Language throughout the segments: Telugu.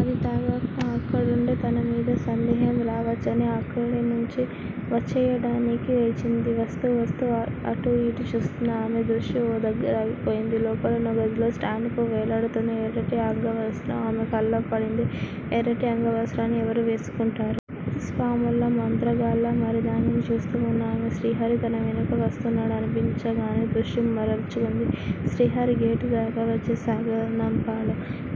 అది తాగాక అక్కడుంటే తనమీద సందేహం రావచ్చని అక్కడి నుంచి వచ్చెయ్యడానికి లేచింది. వస్తూ- వస్తూ అటూ- ఇటూ చూస్తున్న ఆమె దృష్టి ఓ దగ్గర ఆగిపోయింది. లోపలున్న గదిలో స్టాండ్ కు వేలాడుతున్న ఎర్రటి అంగవస్త్రం ఆమె కళ్ళ పడింది. ఎర్రటి అంగవస్త్రాన్ని ఎవరు వేసుకుంటారు? స్వాములా? మంత్రగాళ్ళా? మరి దానిని చూస్తూ వున్న ఆమె శ్రీహరి తన వెనుక వస్తున్నాడనిపించగానే దృష్టి మరల్చుకుంది. శ్రీహరి గేటుదాకా వచ్చి సాగనంపాడు.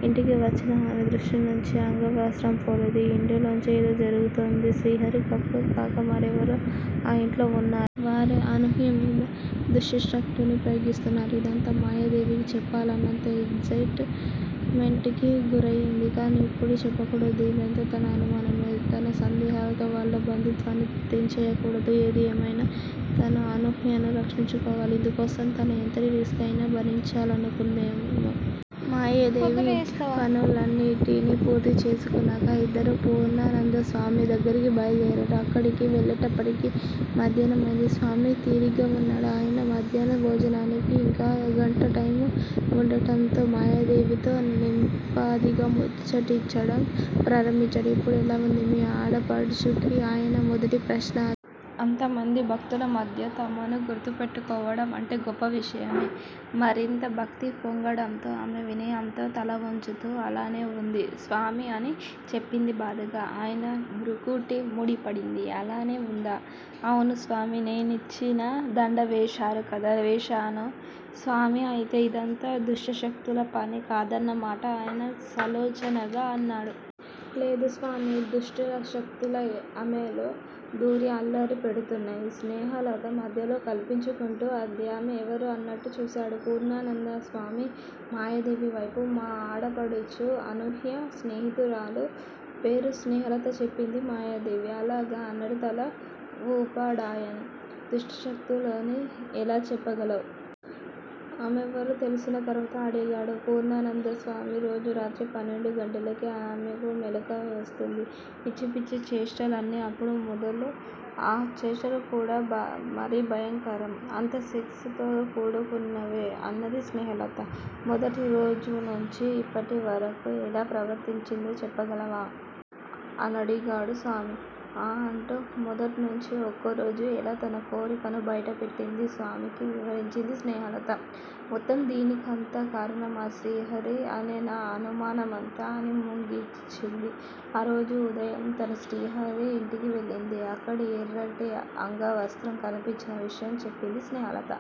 ఇంటికి వచ్చినా ఆమె దృష్టి నుంచి అంగవస్త్రం పోలేదు. ఆ ఇంటిలోంచే ఏదో జరుగుతోంది. శ్రీహరి, కపూర్ కాక మరెవరో ఆ యింట్లో వున్నారు. వారే అనూహ్యమీద దుష్టశక్తుల్ని ప్రయోగిస్తున్నారు. ఇదంతా మాయాదేవికి చెప్పాలన్నంత ఎగ్జయిట్ మెంట్ కి గురయింది. కానీ ఇప్పుడే చెప్పకూడదు. ఇదంతా తన అనుమానమే. తన సందేహాలతో వాళ్ళ బంధుత్వాన్ని తెంచేయకూడదు. ఏది ఏమైనా తను అనూహ్యను రక్షించుకోవాలి. ఇందుకోసం తను ఎంతటి రిస్క్ అయినా భరించాలనుకుందామె. మాయాదేవి ఇంటిపనులన్నిటినీ పూర్తి చేసుకున్నాక ఇద్దరూ పూర్ణానందస్వామి దగ్గరికి బయలుదేరారు. అక్కడికి వెళ్ళేటప్పటికి మాధ్యాహ్నమైంది. స్వామి తీరిగ్గా వున్నాడు. ఆయన మధ్యాహ్న భోజనానికి ఇంకా గంట టైము వుండడంతో మాయాదేవితో నింపాదిగా ముచ్చటించడం ప్రారంభించాడు. ఇప్పుడు ఎలా వుంది మీ ఆడపడుచుకి? ఆయన మొదటి ప్రశ్న అదే. అంతమంది భక్తుల మధ్య తమను గుర్తుపెట్టుకోవడం అంటే గొప్ప విషయమే. మరింత భక్తి పొంగడంతో ఆమె వినయంతో తల వొంచుతూ అలానే వుంది స్వామీ అని చెప్పింది బాధగా. ఆయన భృకుటి ముడిపడింది. అలానే వుందా? అవును స్వామీ! నేనిచ్చిన దండ వేశారు కదా! వేశాను స్వామీ అయితే ఇదంతా దుష్టశక్తుల పని కాదన్న మాట ఆయన సాలోచనగా అన్నాడు. లేదు స్వామీ! దుష్టశక్తులే ఆమెలో దూరి అల్లరి పెడుతున్నాయి స్నేహలత మధ్యలో కల్పించుకుంటూ అంది. ఆమె ఎవరు అన్నట్టు చూశాడు పూర్ణానందస్వామి మాయాదేవి వైపు మా ఆడపడుచు అనూహ్య స్నేహితురాలు- పేరు స్నేహలత చెప్పింది మాయాదేవి. అలాగా అన్నట్టు తల వూపాడాయన. దుష్టశక్తులని ఎలా చెప్పగలవు? ఆమెవరో తెలిసిన తరువాత అడిగాడు పూర్ణానందస్వామి. రోజూ రాత్రి పన్నెండుగంటలకే ఆమెకు మెలకువ వస్తుంది. పిచ్చి పిచ్చి చేష్టలన్నీ అప్పుడు మొదలు. ఆ చేష్టలు కూడా మరీ భయంకరం. అంతా సెక్స్ తో కూడుకున్నవే అన్నది స్నేహలత. మొదటి రోజునుంచీ ఇప్పటివరకు ఎలా ప్రవర్తించిందో చెప్పగలవా? అనడిగాడు స్వామి. ఆఁ అంటూ మొదట్నుంచీ ఒక్కోరోజు ఎలా తన కోరికను బయటపెట్టిందీ స్వామికి వివరించింది స్నేహలత. మొత్తం దీనికంతా కారణం ఆ శ్రీహరి అనే నా అనుమానమంతా అని ముగించింది. ఆరోజు ఉదయం తను శ్రీహరి ఇంటికి వెళ్ళిందీ, అక్కడి ఎర్రటి అంగవస్త్రం కనిపించిన విషయం చెప్పింది స్నేహలత.